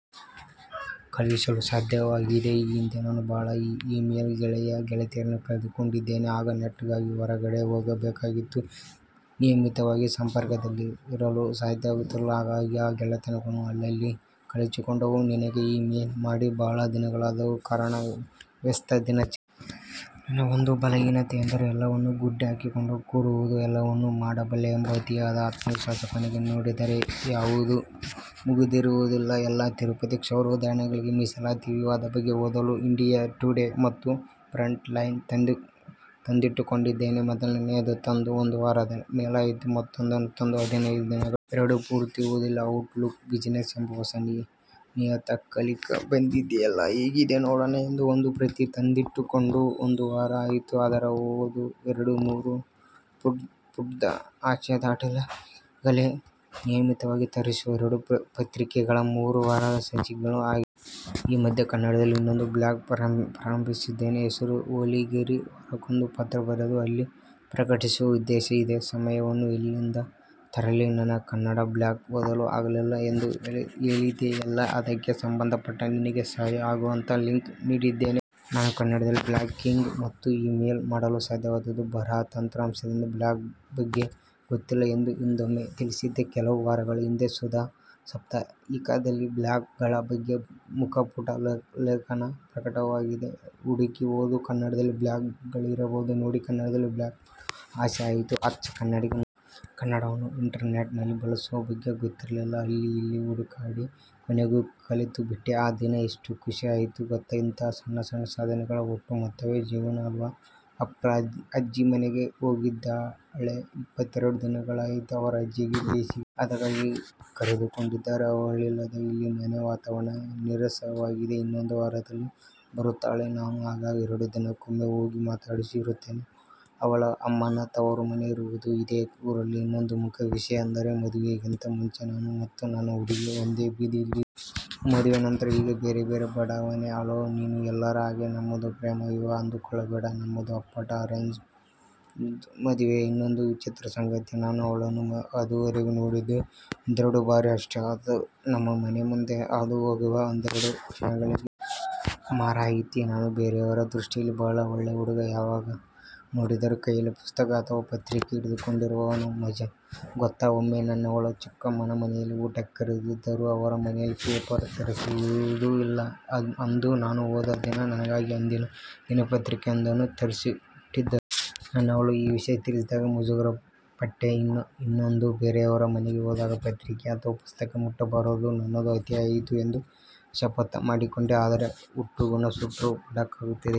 ಕಳುಹಿಸಲು ಸಾಧ್ಯವಾಗಿದೆ. ಈ ಹಿಂದೆ ನಾನು ಬಹಳ ಈ-ಮೇಲ್ ಗೆಳೆಯ-ಗೆಳತಿಯರನ್ನು ಕಳೆದು ಕೊಂಡಿದ್ದೇನೆ. ಆಗ ನೆಟ್ ಗಾಗಿ ಹೊರಗಡೆ ಹೋಗ ಬೇಕಾಗಿತ್ತು. ನಿಯಮಿತವಾಗಿ ಸಂಪರ್ಕದಲ್ಲಿರಲು ಸಾಧ್ಯ ಆಗುತ್ತಿರಲಿಲ್ಲ. ಹಾಗಾಗಿ ಆ ಗೆಳೆತನಗಳು ಅಲ್ಲಲ್ಲಿ ಕಳಚಿಕೊಂಡವು. ನಿನಗೆ ಈ-ಮೇಲ್ ಮಾಡಿ ಬಹಳ ದಿನಗಳಾದವು. ಕಾರಣ ವ್ಯಸ್ತ ದಿನಚರಿ. ನನ್ನ ಒಂದು ಬಲಹೀನತೆ ಎಂದರೆ ಎಲ್ಲವನ್ನು ಗುಡ್ಡೆ ಹಾಕಿಕೊಂಡು ಕೂರುವುದು. ಎಲ್ಲಾವನ್ನು ಮಾಡಬಲ್ಲೆ ಎಂಬ ಅತಿಯಾದ ಆತ್ಮವಿಶ್ವಾಸ. ಕೊನೆಗೆ ನೋಡಿದರೆ ಯವುದೂ ಮುಗಿದಿರುವುದಿಲ್ಲ. ಎಲ್ಲಾ 'ತಿರುಪತಿ ಕ್ಷೌರ' ಉದಾಹರಣೆಗೆ, ಮಿಸಲಾತಿ ವಿವಾದ ಬಗ್ಗೆ ಓದಲು 'ಇಂಡಿಯ ಟುಡೆ' ಮತ್ತು 'ಫ್ರಂಟ್ ಲೈನ್' ತಂದಿಟ್ಟುಕೊಂಡಿದ್ದೇನೆ. ಮೊದಲನೆಯದು ತಂದು ಒಂದು ವಾರದ ಮೇಲಾಯಿತು ಮತ್ತೊಂದನ್ನು ತಂದು ಹದಿನೈದು ದಿನಗಳ ಮೇಲಾಯಿತು. ಎರಡನ್ನೂ ಪೂರ್ತಿ ಓದಿಲ್ಲ! 'ಔಟ್ ಲುಕ್ ಬಿಸಿನೆಸ್' ಎಂಬ ಹೊಸ ನಿಯತಕಲಿಕ ಬಂದಿದೆಯಲ್ಲ ಹೇಗಿದೆ ನೋಡೋಣ ಎಂದು ಒಂದು ಪ್ರತಿ ತಂದ್ದಿಟ್ಟುಕೊಂಡು ಒಂದು ವಾರ ಆಯಿತು, ಅದರ ಓದು ಎರಡು ಮೂರು ಪುಟ್ದ ಆಚೆ ದಾಟಿಲ್ಲ. ಈಗಾಗಲೆ ನಿಯಮಿತವಾಗಿ ತರಿಸುವ ಎರಡು ಪತ್ರಿಕೆಗಳ ಮೂರು ವಾರದ ಸಂಚಿಕೆಗಳು ಹಾಗೆಯೇ ಬಿದ್ದಿವೆ. ಈ ಮಧ್ಯೆ ಕನ್ನಡದಲ್ಲಿ ಇನ್ನೊಂದು ಬ್ಲಾಗ್ ಪ್ರಾರಂಭಿಸಿದ್ದೇನೆ. ಹೆಸರು 'ಓಲೆಗರಿ'. ವಾರಕ್ಕೊಂದು ಪತ್ರ ಬರೆದು ಅಲ್ಲಿ ಪ್ರಕಟಿಸುವ ಉದ್ದೇಶ ಇದೆ. ಸಮಯವನ್ನು ಎಲ್ಲಿಂದ ತರಲಿ? ನನ್ನ ಕನ್ನಡ ಬ್ಲಾಗ್ ಓದಲು ಆಗಲಿಲ್ಲ ಎಂದು ಹೇಳಿದಿಯೆಲ್ಲಾ, ಅದಕ್ಕೆ ಸಂಬಂದಪಟ್ಟ ನಿನಗೆ ಸಹಾಯ ಆಗುವಂತಹ ಲಿಂಕ್ ನೀಡಿದ್ದೇನೆ ಪ್ರಯತ್ನಿಸು. ನಾನು ಕನ್ನಡದಲ್ಲಿ ಬ್ಲಾಗಿಂಗ್ ಮತ್ತು ಈ-ಮೇಲ್ ಮಾಡಲು ಸಾಧ್ಯವಾದದ್ದು 'ಬರಹ' ತಂತ್ರಾಂಶದಿಂದ. ಬ್ಲಾಗ್ ಬಗ್ಗೆ ಗೊತ್ತಿಲ್ಲ ಎಂದು ಹಿಂದೊಮ್ಮೆ ತಿಳಿಸಿದ್ದೆ. ಕೆಲವು ವಾರಗಳ ಹಿಂದೆ 'ಸುಧಾ' ಸಾಪ್ತಾಹಿಕದಲ್ಲಿ ಬ್ಲಾಗ್ ಗಳ ಬಗ್ಗೆ ಮುಖಪುಟ ಲೇಖನ ಪ್ರಕಟವಾಗಿದೆ. ಹುಡುಕಿ ಓದು. ಕನ್ನಡದಲ್ಲಿ ಬ್ಲಾಗ್ ಗಳಿರುವುದು ನೋಡಿ ಕನ್ನಡದಲ್ಲಿ ಬ್ಲಾಗ್ ಮಾಡುವ ಆಸೆ ಆಯಿತು, ಅಚ್ಚ ಕನ್ನಡಿಗ ನೋಡು. ಕನ್ನಡವನ್ನು ಇಂಟರ್ ನೆಟ್ ನಲ್ಲಿ ಬಳಸುವ ಬಗ್ಗೆ ಗೊತ್ತಿರಲಿಲ್ಲ. ಅಲ್ಲಿ ಇಲ್ಲಿ ಹುಡುಕಾಡಿ ಕೊನೆಗೂ ಕಲಿತುಬಿಟ್ಟೆ. ಆ ದಿನ ಎಷ್ತು ಖುಶಿ ಆಯಿತು ಗೊತ್ತಾ ಇಂತಹ ಸಣ್ಣ ಸಣ್ಣ ಸಾಧನೆಗಳ ಒಟ್ಟು ಮೊತ್ತವೇ ಜೀವನ ಅಲ್ವಾ? ಅಫ್ರಾ ಅಜ್ಜಿ ಮನೆಗೆ ಹೋಗಿದ್ದಾಳೆ. ಇಪ್ಪತ್ತೆರಡು ದಿನಗಳಾಯಿತು. ಅವರ ಅಜ್ಜಿಗೆ ಬೇಸಿಗೆ ರಜೆ. ಅದಕ್ಕಾಗಿ ಕರೆದುಕೊಂಡಿದ್ದಾರೆ. ಅವಳಿಲ್ಲದೆ ಇಲ್ಲಿ ಮನೆ ವಾತವರಣ ನೀರಸವಾಗಿದೆ. ಇನ್ನೊದು ವಾರದಲ್ಲಿ ಬರುತ್ತಾಳೆ. ನಾನು ಆಗಾಗ ಎರಡು ದಿನಕ್ಕೊಮ್ಮೆ ಹೋಗಿ ಮಾತಾಡಿಸಿ ಬರುತ್ತೇನೆ. ಅವಳ ಅಮ್ಮನ ತವರು ಮನೆ ಇರುವುದು ಇದೇ ಊರಲ್ಲಿ. ಇನ್ನೊಂದು ಮುಖ್ಯ ವಿಷಯ ಅಂದರೆ ಮದುವೆಗಿಂತ ಮುಂಚೆ ನಾನು ಮತ್ತು ನನ್ನ 'ಹುಡುಗಿ' ಒಂದೇ ಬೀದಿಯಲ್ಲಿ ಇದ್ದವರು. ಮದುವೆ ನಂತರ ಈಗ ಬೇರೆ ಬೇರೆ ಬಡಾವಣೆ. ಹಲೋ, ನೀನೂ ಎಲ್ಲರ ಹಾಗೆ ನಮ್ಮದು ಪ್ರೇಮ ವಿವಾಹ ಅಂದುಕೊಳ್ಳಬೇಡ ನಮ್ಮದು ಅಪ್ಪಟ ಅರೇಂಜ್ದ್ ಮದುವೆ. ಇನ್ನೊಂದು 'ವಿಚಿತ್ರ'ಸಂಗತಿ; ನಾನು ಅವಳನ್ನು ಅದುವರೆಗೂ ನೊಡಿದ್ದು ಒಂದೆರಡು ಬಾರಿ ಅಷ್ಟೆ. ಅದೂ ನಮ್ಮ ಮನೆ ಮುಂದೆ ಹಾದು ಹೊಗುವಾಗ ಒಂದೆರಡು ಕ್ಷಣಗಳಿಗೆ ಮಾತ್ರ. ಮಾರಾಯಿತಿ ನಾನು ಬೇರೆಯವರ ದೃಷ್ಟಿಯಲ್ಲಿ 'ಬಹಳ ಒಳ್ಳೆ ಹುಡುಗ'. ಯಾವಾಗ ನೋಡಿದರೂ ಕೈಯಲ್ಲಿ ಪುಸ್ತಕ ಅಥವ ಪತ್ರಿಕೆ ಹಿಡಿದುಕೊಂಡಿರುವವನು ಮಜಾ ಗೊತ್ತಾ? ಒಮ್ಮೆ ನನ್ನವಳ ಚಿಕ್ಕಮ್ಮನ ಮನೆಯಲ್ಲಿ ಊಟಕ್ಕೆ ಕರೆದಿದ್ದರು. ಅವರ ಮನೆಯಲ್ಲಿ ಪೇಪರ್ ತರಿಸುವುದಿಲ್ಲ. ಅಂದು ನಾನು ಹೋದ ದಿನ ನನಗಾಗಿ ಅಂದಿನ ದಿನಪತ್ರಿಕೆಯೊಂದನ್ನು ತರಿಸಿಟ್ಟಿದ್ದರು. ನನ್ನವಳು ಈ ವಿಷಯ ತಿಳಿಸಿದಾಗ ಮುಜುಗರ ಪಟ್ಟೆ. ಇನ್ನೆಂದೂ ಬೇರೆಯವರ ಮನೆಗೆ ಹೋದಾಗ ಪತ್ರಿಕೆ ಅಥವ ಪುಸ್ತಕ ಮುಟ್ಟಬಾರದು, ನನ್ನದು ಅತಿಯಾಯಿತು ಎಂದು ಶಪಥ ಮಾಡಿಕೊಂಡೆ. ಆದರೆ ಹುಟ್ಟುಗುಣ ಸುಟ್ಟರೂ ಬಿಡಕಾಗುತ್ತದೆಯೇ?